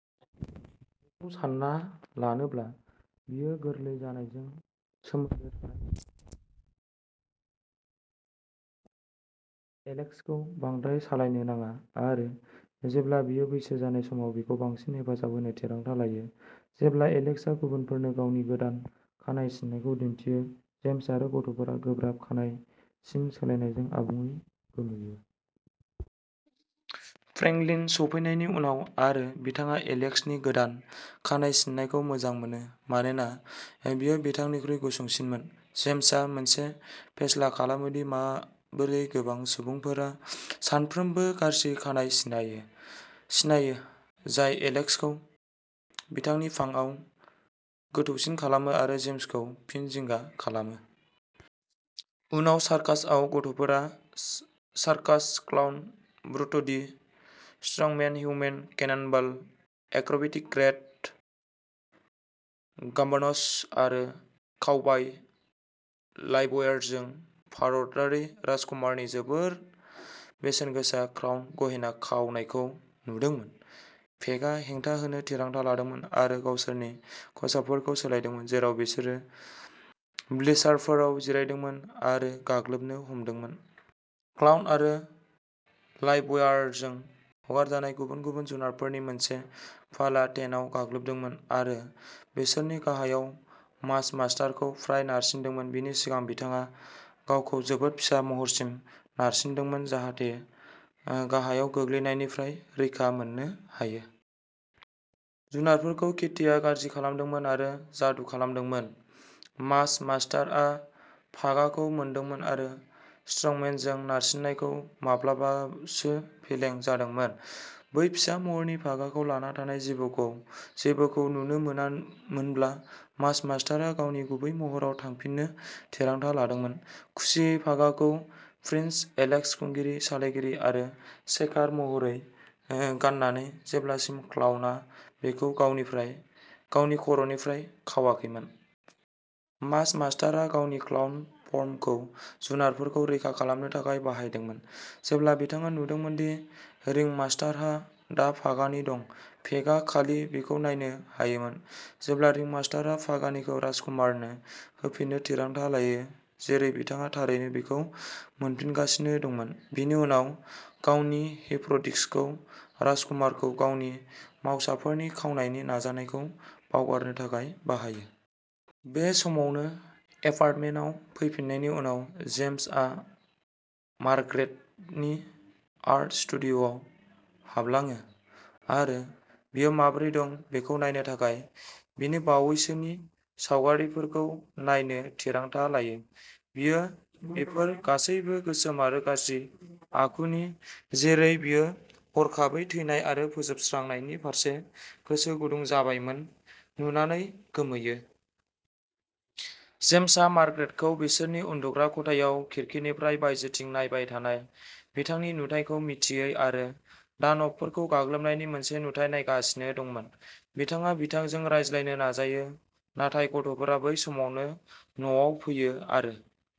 बेखौ सानना लानोब्ला बेयो गोरलै जानायजों सोमोन्दो थानाय मोनसे जेंनाल'मोन। जेम्स आ एलेक्स खौ बांद्राय सालायनो नाङा आरो जेब्ला बियो बैसो जानाय समाव बिखौ बांसिन हेफाजाब होनो थिरांथा लायो। जेब्ला एलेक्स आ गुबुनफोरनो गावनि गोदान खानाय सिननायखौ दिन्थियो, जेम्स आरो गथ'फोरा गोब्राब खानाय सिन सोलायनायजों आबुङै गोमोयो। फ्रेंकलिन सौफैनायनि उनाव आरो बिथाङा एलेक्स नि गोदान खानाय सिननायखौ मोजां मोनो मानोना बेयो बिथांनिख्रुइ गुसुंसिनमोन, जेम्स आ मोनसे फेस्ला खालामो दि माबोरै गोबां सुबुंफोरा सानफ्रोमबो गाज्रि खानाय सिनायो, जाय एलेक्स खौ बिथांनि फांकआव गोथौसिन खालामो आरो जेम्स खौ फिन जिंगा खालामो। उनाव सार्कासआव गथ'फोरा circus clown, brute the strongman, human cannonball, acrobatic great गाम्ब'न'स आरो काउबाय लाइभवायरजों भारतारि राजकुमारनि जोबोद बेसेनगोसा क्राउन गहेना खावनायखौ नुदोंमोन। पेकआ हेंथा होनो थिरांथा लादोंमोन आरो गावसोरनि खसाबफोरखौ सोलायदोंमोन, जेराव बिसोरो ब्लिचारफोराव जिरायदोंमोन आरो गाग्लोबनो हमदोंमोन। क्लाउन आरो लाइभवायरजों हगारजानाय गुबुन गुबुन जुनारफोरनि मोनसे फालोआ टेन्टआव गाग्लोबदोंमोन आरो बिसोरनि गाहायाव मास मास्टार खौ फ्राय नारसिन्दोंमोन, बेनि सिगां बिथाङा गावखौ जोबोद फिसा महरसिम नारसिन्दोंमोन जाहाथे गाहायाव गोग्लैनायनिफ्राय रैखा मोननो हायो। जुनारफोरखौ केटीआ गाज्रि खालामदोंमोन आरो जादु खालामदोंमोन। मास मास्टार आ पागाखौ मोनदोंमोन आरो स्ट्रंमेनजों नारसिन्नायखौ माब्लाबासो फेलें जादोंमोन। बै फिसा महरनि पागाखौ लाना थानाय जेबोखौ नुनो मोनामोनब्ला, मास मास्टार आ गावनि गुबै महरआव थांफिननो थिरांथा लादोंमोन, खुसियै पागाखौ प्रिन्स एलेक्स खुंगिरि, सालायगिरि आरो शेकार महरै गाननानै जेब्लासिम क्लाउनआ बेखौ गावनि खर'निफ्राय खावाखैमोन। मास मास्टार आ गावनि क्लाउड फर्मखौ जुनारफोरखौ रैखा खालामनो थाखाय बाहायदोंमोन जेब्ला बिथाङा नुदोंमोन दि रिंमास्टारहा दा पागानि दं। पेकआ खालि बेखौ नायनो हायोमोन जेब्ला रिंमास्टारआ पागानिखौ राजकुमारनो होफिननो थिरांथा लायो, जेरै बिथाङा थारैनो बेखौ मोनफिनगासिनो दंमोन, बेनि उनाव गावनि हिप्न' डिस्कखौ राजकुमारखौ गावनि मावसाफोरनि खावनायनि नाजानायखौ बावगारनो थाखाय बाहायो। बे समावनो, एपार्टमेन्टआव फैफिन्नायनि उनाव, जेम्स आ मार्ग्रेट नि आर्ट स्टुडिय'आव हाबलाङो आरो बियो माबोरै दं बेखौ नायनो थाखाय बिनि बावैसोनि सावगारिफोरखौ नायनो थिरांथा लायो। बियो बेफोर गासैबो गोसोम आरो गाज्रि आखुनि, जेरै बियो हरखाबै थैनाय आरो फोजोबस्रांनायनि फारसे गोसो गुदुं जाबायमोन, नुनानै गोमोयो। जेम्सआ मार्ग्रेट खौ बिसोरनि उन्दुग्रा खथायाव खिरखिनिफ्राय बायजोथिं नायबाय थानाय, बिथांनि नुथायखौ मिथियै आरो दानबफोरखौ गाग्लोबनायनि मोनसे नुथाय नायगासिनो दंमोन। बिथाङा बिथांजों रायज्लायनो नाजायो, नाथाय गथ'फोरा बै समावनो न'आव फैयो आरो